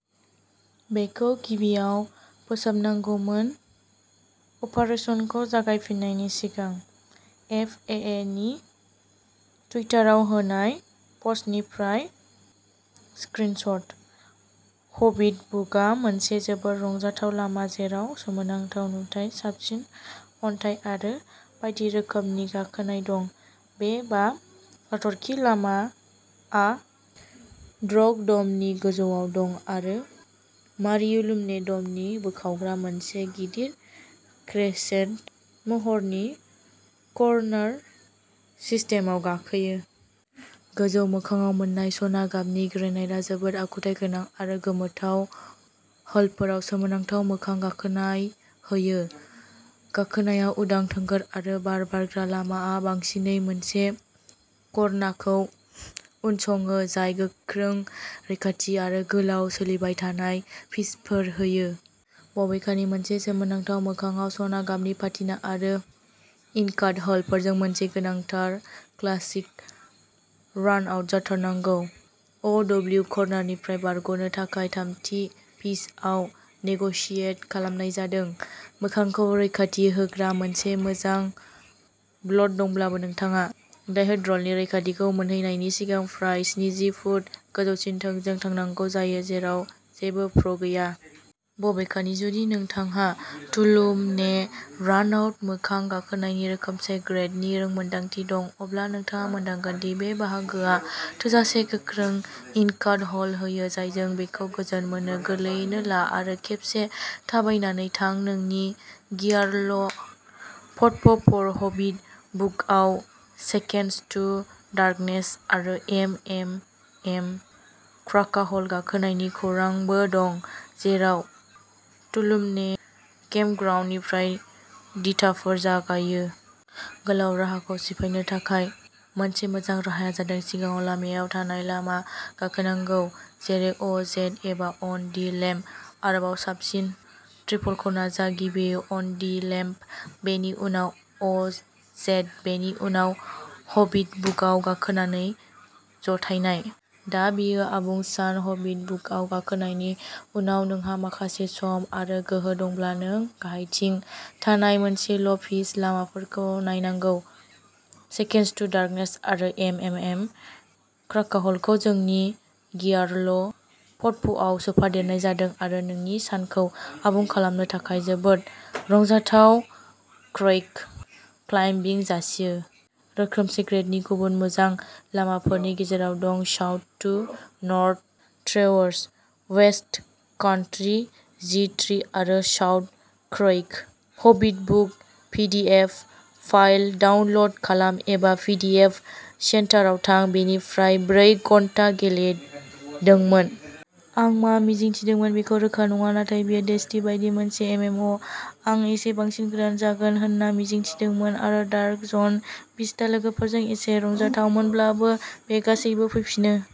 बेखौ गिबियाव फोसाबनांगौमोन अपारेशनखौ जागायफिन्नायनि सिगां। एफ ए ए नि टुइटारआव होनाय पस्टनिफ्राय स्क्रिनशट। हबिट बुकआ मोनसे जोबोद रंजाथाव लामा, जेराव सोमोनांथाव नुथाय, साबसिन अन्थाइ आरो बायदि रोखोमनि गाखोनाय दं। बे बा हाथरखि लामाआ ड्रग ड'मनि गोजौआव दं आरो मारियुलुम्ने ड'मखौ बोखावग्रा मोनसे गिदिर क्रेसेन्ट महरनि कर्नार सिस्टेमआव गाखोयो। गोजौ मोखांआव मोन्नाय सना गाबनि ग्रेनाइटआ जोबोद आखुथाय गोनां आरो गोमोथाव होल्डफोराव सोमोनांथाव मोखां गाखोनाय होयो। गाखोनाया उदां, थोंगोर आरो बार बारग्रा। लामाआ बांसिनै मोनसे ख'रनाखौ उनसङो जाय गोख्रों रैखाथि आरो गोलाव सोलिबाय थानाय पिचफोर होयो। बबेखानि मोनसे सोमोनांथाव मोखांआव सना गाबनि पाटिना आरो इनकाट होल्डफोरजों मोनसे गोनांथार क्लासिक रानआउट जाथारनांगौ। अ डब्लिउ कर्नारनिफ्राय बारग'नो थाखाय थामथि पिचआव नेग'सियेट खालामनाय जादों। मोखांखौ रैखाथि होग्रा मोनसे मोजां बल्ट दंब्लाबो नोंथाङा डाइहेड्रलनि रैखाथिखौ मोनहैनायनि सिगां फ्राय स्निजि फुट गोजौसिम थोंजों थांनांगौ जायो, जेराव जेबो प्र' गैया। बबेखानि, जुदि नोंथांहा तुअलुम्ने रानआउट मोखां गाखोनायनि रोखोमसे ग्रेडनि रोंमोन्दांथि दं अब्ला नोंथाङा मोनदांगोन दि बे बाहागोआ थोजासे गोख्रों इनकाट होल्ड होयो, जायजों बेखौ गोजोन मोनो। गोरलैयैनो ला आरो खेबसे थाबायनानै थां जोंनि गियारल' पटप' फर हबिट बुकआव सेकेन्डस टु डार्कनेस आरो एमएमएम क्राकाह'ल गाखोनायनि खौरांबो दं, जेराव तुअलुम्ने केम्पग्राउन्डनिफ्राय दिथाफोर जागायो। गोलाव राहाखौ सिफायनो थाखाय मोनसे मोजां राहाया जादों सिगाङाव लामायाव थानाय लामा गाखोनांगौ, जेरै अ जेड एबा अन दि लेम्ब। आरोबाव साबसिन ट्रिपलखौ नाजा। गिबियै अन दि लेम्ब, बेनि उनाव अ जेड बेनि उनाव हबिट बुकआव गाखोनानै जथायनाय। दा बेयो आबुं सान हबिट बुकआव गाखोनायनि उनाव नोंहा माखासे सम आरो गोहो दंब्ला, नों गाहायथिं थानाय मोनसेल' पिच लामाफोरखौ नायनांगौ। सेकेन्डस टु डार्कनेस आरो एमएमएम क्राकाह'ल खौ जोंनि गियारल'पटप'आव सोफादेरनाय जादों, आरो नोंनि सानखौ आबुं खालामनो थाखाय जोबोद रंजाथाव क्रैक क्लाइम्बिं जासियो। रोखोमसे ग्रेडनि गुबुन मोजां लामाफोरनि गेजेराव दं south to north traverse, west country, G tree आरो south crack. Hobbit book PDF file download खालाम एबा पिडिएफ सेन्टाराव थां। बेनि फ्राय ब्रै घन्टा गेलेदोंमोन। आं मा मिजिं थिदोंमोन बेखौ रोखा नङा नाथाय बेयो डेस्टिनि बायदि मोनसे एमएमअ'। आं इसे बांसिन गोदान जागोन होनना मिजिं थिदोंमोन आरो डार्क जन बिटसा लोगोफोरजों एसे रंजाथावमोनब्लाबो, बे गासैबो फैफिनो।